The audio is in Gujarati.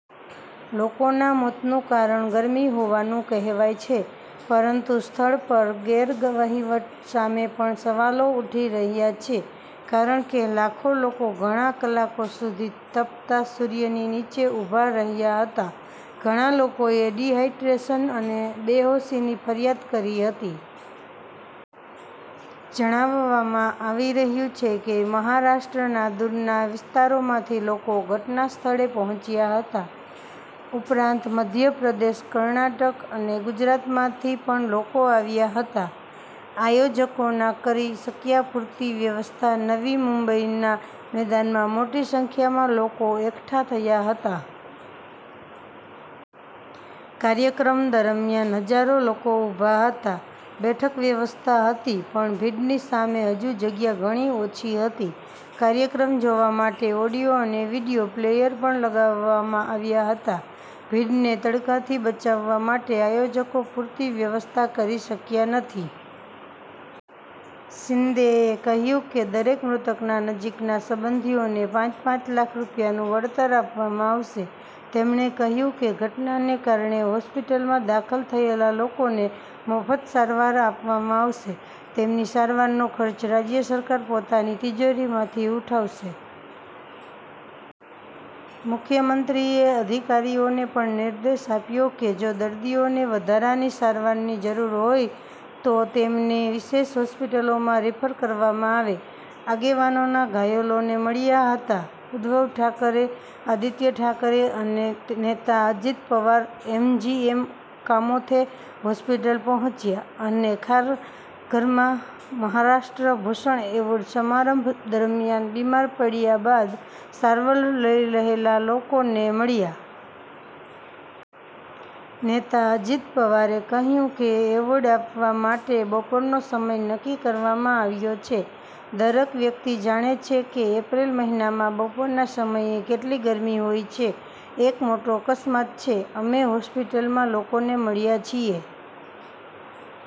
લોકોના મોતનું કારણ ગરમી હોવાનું કહેવાય છે. પરંતુ સ્થળ પર ગેરવહીવટ સામે પણ સવાલો ઉઠી રહ્યા છે. કારણ કે લાખો લોકો ઘણા કલાકો સુધી તપતા સૂર્યની નીચે ઉભા રહ્યા હતા. ઘણા લોકોએ ડિહાઇડ્રેશન અને બેહોશીની ફરિયાદ કરી હતી. જણાવવામાં આવી રહ્યું છે કે મહારાષ્ટ્રના દૂરના વિસ્તારોમાંથી લોકો ઘટનાસ્થળે પહોંચ્યા હતા. ઉપરાંત મધ્યપ્રદેશ, કર્ણાટક અને ગુજરાતમાંથી પણ લોકો આવ્યા હતા. આયોજકો ના કરી શક્યા પૂરતી વ્યવસ્થા નવી મુંબઈના મેદાનમાં મોટી સંખ્યામાં લોકો એકઠા થયા હતા. કાર્યક્રમ દરમિયાન હજારો લોકો ઉભા હતા. બેઠક વ્યવસ્થા હતી પણ ભીડની સામે હજુ જગ્યા ઘણી ઓછી હતી. કાર્યક્રમ જોવા માટે ઓડિયો અને વીડિયો પ્લેયર પણ લગાવવામાં આવ્યા હતા. ભીડને તડકાથી બચાવવા માટે આયોજકો પૂરતી વ્યવસ્થા કરી શક્યા નથી. શિંદેએ કહ્યું કે દરેક મૃતકના નજીકના સંબંધીઓને પાંચ-પાંચ લાખ રૂપિયાનું વળતર આપવામાં આવશે. તેમણે કહ્યું કેઘટનાને કારણે હોસ્પિટલમાં દાખલ થયેલા લોકોને મફત સારવાર આપવામાં આવશે. તેમની સારવારનો ખર્ચ રાજ્ય સરકાર પોતાની તિજોરીમાંથી ઉઠાવશે. મુખ્યમંત્રીએ અધિકારીઓને પણ નિર્દેશ આપ્યો કે જો દર્દીઓને વધારાની સારવારની જરૂર હોય તો તેમને વિશેષ હોસ્પિટલોમાં રીફર કરવામાં આવે. આગેવાનો ઘાયલોને મળ્યા હતા ઉદ્ધવ ઠાકરે, આદિત્ય ઠાકરે અને નેતા અજિત પવાર એમજીએમ કામોથે હોસ્પિટલ પહોંચ્યા અને ખારઘરમાં મહારાષ્ટ્ર ભૂષણ એવોર્ડ સમારંભ દરમિયાન બીમાર પડ્યા બાદ સારવાર લઈ રહેલા લોકોને મળ્યા. નેતા અજિત પવારે કહ્યું કે એવોર્ડ આપવા માટે બપોરનો સમય નક્કી કરવામાં આવ્યો છે. દરેક વ્યક્તિ જાણે છે કે એપ્રિલ મહિનામાં બપોરના સમયે કેટલી ગરમી હોય છે. એક મોટો અકસ્માત છે, અમે હોસ્પિટલમાં લોકોને મળ્યા છીએ.